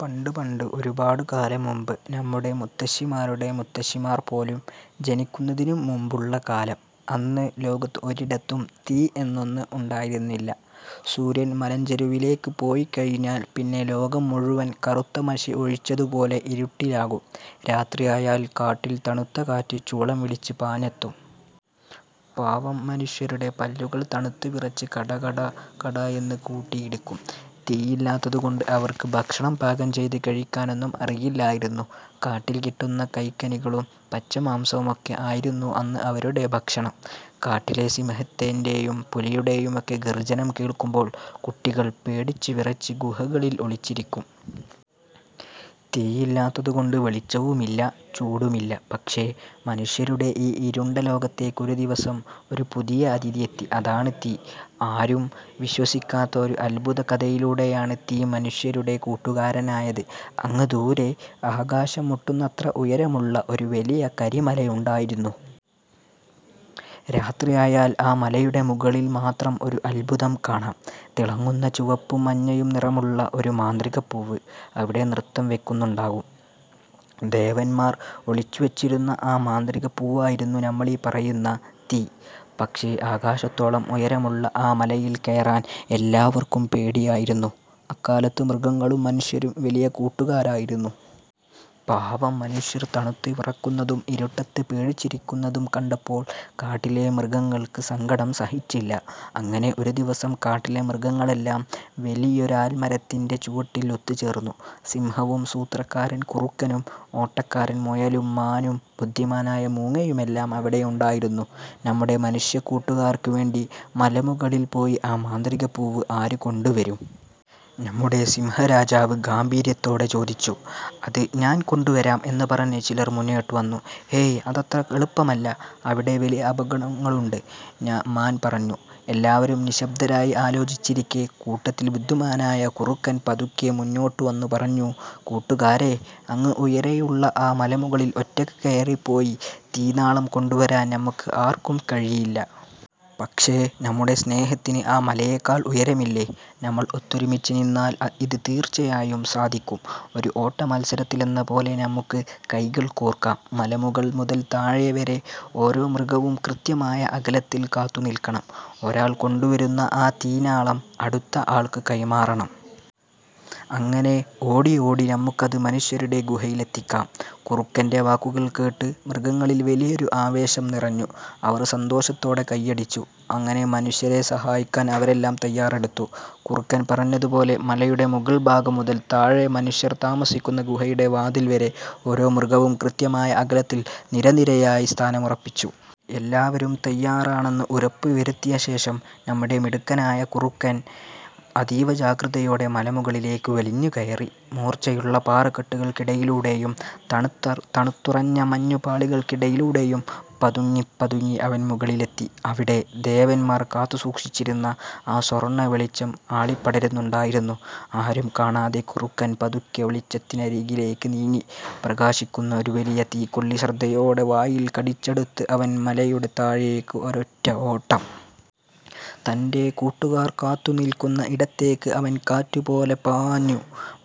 പണ്ട് പണ്ട് ഒരുപാട് കാലം മുൻപ് നമ്മുടെ മുത്തശ്ശിമാരുടെ മുത്തശ്ശിമാർ പോലും ജനിക്കുന്നതിനും മുൻപുള്ള കാലം. അന്ന് ലോകത്ത് ഒരിടത്തും 'തീ' എന്നൊന്ന് ഉണ്ടായിരുന്നില്ല. സൂര്യൻ മലഞ്ചരുവിലേക്ക് പോയിക്കഴിഞ്ഞാൽ പിന്നെ ലോകം മുഴുവൻ കറുത്ത മഷി ഒഴിച്ചതുപോലെ ഇരുട്ടിലാകും. രാത്രിയായാൽ കാട്ടിൽ തണുത്ത കാറ്റ് ചൂളം വിളിച്ച് പാഞ്ഞെത്തും. പാവം മനുഷ്യരുടെ പല്ലുകൾ തണുത്ത് വിറച്ച് 'കട-കട-കട' എന്ന് കൂട്ടിയിടിക്കും. തീയില്ലാത്തതുകൊണ്ട് അവർക്ക് ഭക്ഷണം പാകം ചെയ്ത് കഴിക്കാനൊന്നും അറിയില്ലായിരുന്നു. കാട്ടിൽ കിട്ടുന്ന കായ്കനികളും പച്ചമാംസവുമൊക്കെ ആയിരുന്നു അന്ന് അവരുടെ ഭക്ഷണം. കാട്ടിലെ സിംഹത്തിന്റെയും പുലിയുടെയുമൊക്കെ ഗർജനം കേൾക്കുമ്പോൾ കുട്ടികൾ പേടിച്ച് വിറച്ച് ഗുഹകളിൽ ഒളിച്ചിരിക്കും. തീയില്ലാത്തതു കൊണ്ട് വെളിച്ചവുമില്ല, ചൂടുമില്ല! പക്ഷേ, മനുഷ്യരുടെ ഈ ഇരുണ്ട ലോകത്തേക്ക് ഒരു ദിവസം ഒരു പുതിയ അതിഥി എത്തി. അതാണ് 'തീ'. ആരും വിശ്വസിക്കാത്ത ഒരു അത്ഭുത കഥയിലൂടെയാണ് തീ മനുഷ്യരുടെ കൂട്ടുകാരനായത്. അങ്ങ് ദൂരെ, ആകാശം മുട്ടുന്നത്ര ഉയരമുള്ള ഒരു വലിയ കരിമലയുണ്ടായിരുന്നു. രാത്രിയായാൽ ആ മലയുടെ മുകളിൽ മാത്രം ഒരു അത്ഭുതം കാണാം! തിളങ്ങുന്ന ചുവപ്പും മഞ്ഞയും നിറമുള്ള ഒരു 'മാന്ത്രികപ്പൂവ്' അവിടെ നൃത്തം വയ്ക്കുന്നുണ്ടാകും. ദേവന്മാർ ഒളിച്ചുവച്ചിരുന്ന ആ മാന്ത്രികപ്പൂവായിരുന്നു നമ്മളീ പറയുന്ന 'തീ'. പക്ഷേ ആകാശത്തോളം ഉയരമുള്ള ആ മലയിൽ കയറാൻ എല്ലാവർക്കും പേടിയായിരുന്നു. അക്കാലത്ത് മൃഗങ്ങളും മനുഷ്യരും വലിയ കൂട്ടുകാരായിരുന്നു. പാവം മനുഷ്യർ തണുത്ത് വിറയ്ക്കുന്നതും ഇരുട്ടത്ത് പേടിച്ചിരിക്കുന്നതും കണ്ടപ്പോൾ കാട്ടിലെ മൃഗങ്ങൾക്ക് സങ്കടം സഹിച്ചില്ല. അങ്ങനെ ഒരു ദിവസം കാട്ടിലെ മൃഗങ്ങളെല്ലാം വലിയൊരാൽമരത്തിന്റെ ചുവട്ടിൽ ഒത്തുചേർന്നു. സിംഹവും, സൂത്രക്കാരൻ കുറുക്കനും, ഓട്ടക്കാരൻ മുയലും, മാനും ബുദ്ധിമാനായ മൂങ്ങയുമെല്ലാം അവിടെയുണ്ടായിരുന്നു. "നമ്മുടെ മനുഷ്യക്കൂട്ടുകാർക്ക് വേണ്ടി മലമുകളിൽ പോയി ആ മാന്ത്രികപ്പൂവ് ആര് കൊണ്ടുവരും? " നമ്മുടെ സിംഹരാജാവ് ഗാംഭീര്യത്തോടെ ചോദിച്ചു. "അത് ഞാൻ കൊണ്ടുവരാം! " എന്ന് പറഞ്ഞ് ചിലർ മുന്നോട്ടുവന്നു. "ഹേയ്, അതത്ര എളുപ്പമല്ല, അവിടെ വലിയ അപകടങ്ങളുണ്ട്! " മാൻ പറഞ്ഞു എല്ലാവരും നിശബ്ദരായി ആലോചിച്ചിരിക്കെ, കൂട്ടത്തിൽ ബുദ്ധിമാനായ കുറുക്കൻ പതുക്കെ മുന്നോട്ട് വന്നു പറഞ്ഞു: "കൂട്ടുകാരേ, അങ്ങ് ഉയരെയുള്ള ആ മലമുകളിൽ ഒറ്റയ്ക്ക് കയറിപ്പോയി തീനാളം കൊണ്ടുവരാൻ നമുക്ക് ആർക്കും കഴിയില്ല. പക്ഷേ, നമ്മുടെ സ്നേഹത്തിന് ആ മലയേക്കാൾ ഉയരമില്ലേ? നമ്മൾ ഒത്തൊരുമിച്ച് നിന്നാൽ ഇത് തീർച്ചയായും സാധിക്കും! ഒരു ഓട്ടമത്സരത്തിലെന്ന പോലെ നമുക്ക് കൈകൾ കോർക്കാം. മലമുകൾ മുതൽ താഴെ വരെ ഓരോ മൃഗവും കൃത്യമായ അകലത്തിൽ കാത്തുനിൽക്കണം. ഒരാൾ കൊണ്ടുവരുന്ന ആ തീനാളം അടുത്ത ആൾക്ക് കൈമാറണം. അങ്ങനെ ഓടി ഓടി നമുക്കത് മനുഷ്യരുടെ ഗുഹയിലെത്തിക്കാം! " കുറുക്കന്റെ വാക്കുകൾ കേട്ട് മൃഗങ്ങളിൽ വലിയൊരു ആവേശം നിറഞ്ഞു. അവർ സന്തോഷത്തോടെ കൈയടിച്ചു. അങ്ങനെ മനുഷ്യരെ സഹായിക്കാൻ അവരെല്ലാം തയ്യാറെടുത്തു. കുറുക്കൻ പറഞ്ഞതുപോലെ, മലയുടെ മുകൾഭാഗം മുതൽ താഴെ മനുഷ്യർ താമസിക്കുന്ന ഗുഹയുടെ വാതിൽ വരെ ഓരോ മൃഗവും കൃത്യമായ അകലത്തിൽ നിരനിരയായി സ്ഥാനമുറപ്പിച്ചു. എല്ലാവരും തയ്യാറാണെന്ന് ഉറപ്പുവരുത്തിയ ശേഷം, നമ്മുടെ മിടുക്കനായ കുറുക്കൻ അതീവ ജാഗ്രതയോടെ മലമുകളിലേക്ക് വലിഞ്ഞുകയറി. മൂർച്ചയുള്ള പാറക്കെട്ടുകൾക്കിടയിലൂടെയും തണുത്തുറഞ്ഞ മഞ്ഞുപാളികൾക്കിടയിലൂടെയും പതുങ്ങിപ്പതുങ്ങി അവൻ മുകളിലെത്തി. അവിടെ, ദേവന്മാർ കാത്തുസൂക്ഷിച്ചിരുന്ന ആ സ്വർണ വെളിച്ചം ആളിപ്പടരുന്നുണ്ടായിരുന്നു! ആരും കാണാതെ കുറുക്കൻ പതുക്കെ വെളിച്ചത്തിനരികിലേക്ക് നീങ്ങി. പ്രകാശിക്കുന്ന ഒരു വലിയ തീക്കൊള്ളി ശ്രദ്ധയോടെ വായിൽ കടിച്ചെടുത്ത് അവൻ മലയുടെ താഴേക്ക് ഒരൊറ്റ ഓട്ടം! തന്റെ കൂട്ടുകാർ കാത്തുനിൽക്കുന്ന ഇടത്തേക്ക് അവൻ കാറ്റുപോലെ പാഞ്ഞു.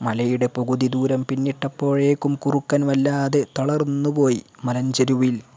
മലയുടെ പകുതി ദൂരം പിന്നിട്ടപ്പോഴേക്കും കുറുക്കൻ വല്ലാതെ തളർന്നുപോയി. മലഞ്ചരുവിൽ